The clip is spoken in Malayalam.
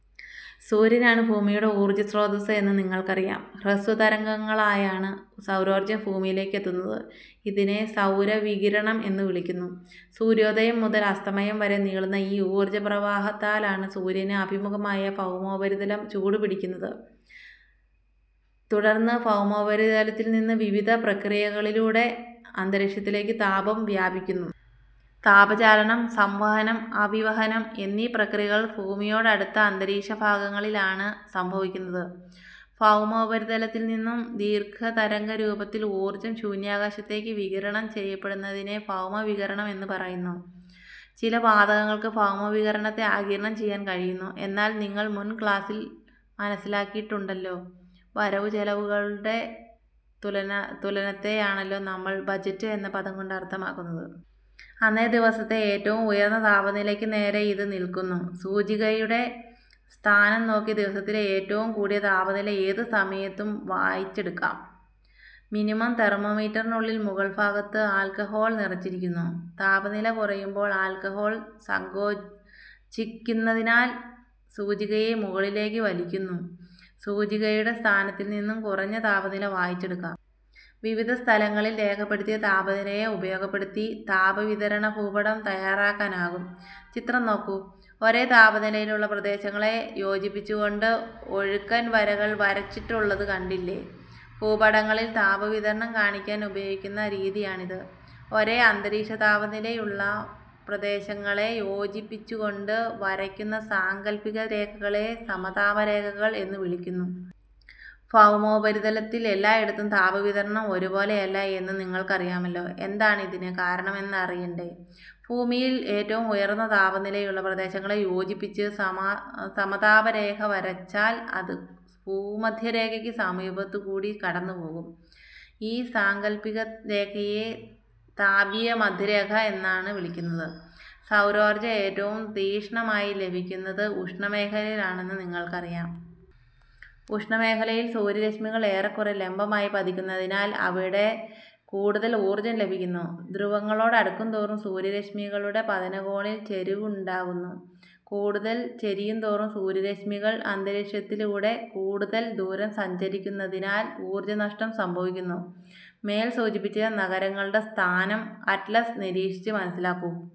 സൂര്യനാണ് ഭൂമിയുടെ ഊർജസ്രോതസ്സ് എന്ന് നിങ്ങൾക്കറിയാം. ഹ്രസ്വതരംഗങ്ങളായാണ് സൗരോർജം ഭൂമിയിലേക്ക് എത്തുന്നത്. ഇതിനെ സൗര വികിരണം എന്നു വിളിക്കുന്നു. സൂര്യോദയം മുതൽ അസ്തമയം വരെ നീളുന്ന ഈ ഊർജ പ്രവാഹത്താലാണ് സൂര്യന് അഭിമുഖമായ ഭൗമോപരിതലം ചൂടുപിടിക്കുന്നത്. തുടർന്ന് ഭൗമോപരിതലത്തിൽനിന്ന് വിവിധ പ്രക്രിയകളിലൂടെ അന്തരീക്ഷത്തിലേക്കു താപം വ്യാപിക്കുന്നു. താപചാലനം, സംവഹനം, അഭിവഹനം എന്നീ പ്രക്രിയകൾ ഭൂമിയോടടുത്ത അന്തരീക്ഷഭാഗങ്ങളിലാണ് സംഭവിക്കുന്നത്. ഭൗമോപരിതലത്തിൽനിന്നു ദീർഘതരംഗരൂപത്തിൽ ഊർജം ശൂന്യാകാശത്തേക്ക് വികിരണം ചെയ്യപ്പെടുന്നതിനെ ഭൗമവികിരണം എന്നു പറയുന്നു. ചില വാതകങ്ങൾക്ക് ഭൗമവികിരണത്തെ ആഗിരണം ചെയ്യാൻ കഴിയുന്നു എന്ന് നിങ്ങൾ മുൻക്ലാസിൽ മനസ്സിലാക്കിയിട്ടുണ്ടല്ലോ. വരവുചെലവുകളുടെ തുലനത്തെയാണല്ലോ നമ്മൾ ബജറ്റ് എന്ന പദം കൊണ്ട് അർഥമാക്കുന്നത്. അന്നേ ദിവസത്തെ ഏറ്റവും ഉയർന്ന താപനിലയ്ക്ക് നേരെ ഇത് നിൽക്കുന്നു. സൂചികയുടെ സ്ഥാനം നോക്കി ദിവസത്തിലെ ഏറ്റവും കൂടിയ താപനില ഏത് സമയത്തും വായിച്ചെടുക്കാം. മിനിമം തെർമോ മീറ്ററിനുള്ളിൽ മുകൾഭാഗത്ത് ആൾക്കഹോൾ നിറച്ചിരിക്കുന്നു. താപനില കുറയുമ്പോൾ ആൾക്കഹോൾ സങ്കോചിക്കുന്നതിനാൽ സൂചികയെ മുകളിലേക്ക് വലിക്കുന്നു. സൂചികയുടെ സ്ഥാനത്തിൽ നിന്നു കുറഞ്ഞ താപനില വായിച്ചെടുക്കാം. വിവിധ സ്ഥലങ്ങളിൽ രേഖപ്പെടുത്തിയ താപനിലയെ ഉപയോഗപ്പെടുത്തി താപവിതരണഭൂപടം തയാറാക്കാനാകും. ചിത്രം നോക്കൂ. ഒരേ താപനിലയുള്ള പ്രദേശങ്ങളെ യോജിപ്പിച്ചുകൊണ്ട് ഒഴുക്കൻ വരകൾ വരച്ചിട്ടുള്ളതു കണ്ടില്ലേ? ഭൂപടങ്ങളിൽ താപവിതരണം കാണിക്കാൻ ഉപയോഗിക്കുന്ന രീതിയാണിത്. ഒരേ അന്തരീക്ഷതാപനിലയുള്ള പ്രദേശങ്ങളെ യോജിപ്പിച്ചു കൊണ്ട് വരയ്ക്കുന്ന സാങ്കൽപിക രേഖകളെ സമതാപരേഖകൾ എന്നു വിളിക്കുന്നു. ഭൗമോപരിതലത്തിൽ എല്ലായിടത്തും താപവിതരണം ഒരുപോലെയല്ല എന്നു നിങ്ങൾക്കറിയാ മല്ലോ. എന്താണിതിന് കാരണമെന്നറിയണ്ടേ? ഭൂമിയിൽ ഏറ്റവും ഉയർന്ന താപനിലയുള്ള പ്രദേശങ്ങളെ യോജിപ്പിച്ച് സമതാപരേഖ വരച്ചാൽ അത് ഭൂമധ്യരേഖയ്ക്ക് സമീപത്തുകൂടി കടന്നുപോകും. ഈ സാങ്കൽപ്പിക രേഖയെ താപീയമധ്യരേഖ എന്നാണ് വിളിക്കുന്നത്. സൗരോർജം ഏറ്റവും തീക്ഷ്ണമായി ലഭിക്കുന്നത് ഉഷ്ണ മേഖലയിലാണെന്ന് നിങ്ങൾക്കറിയാം. ഉഷ്ണ മേഖലയിൽ സൂര്യ രശ്മികൾ ഏറക്കുറേ ലംബമായി പതിക്കുന്നതിനാൽ അവിടെ കൂടുതൽ ഊർജം ലഭിക്കുന്നു. ധ്രുവങ്ങളോടടുക്കുന്തോറും സൂര്യ രശ്മികളുടെ പതനകോണിൽ ചരിവുണ്ടാകുന്നു. കൂടുതൽ ചരിയുന്തോറും സൂര്യ രശ്മികൾ അന്തരീക്ഷത്തിലൂടെ കൂടുതൽ ദൂരം സഞ്ചരിക്കുന്നതിനാൽ ഊർജനഷ്ടം സംഭവിക്കുന്നു. മേൽ സൂചിപ്പിച്ച നഗരങ്ങളുടെ സ്ഥാനം അറ്റ്ലസ് നിരീക്ഷിച്ച് മനസ്സിലാക്കൂ.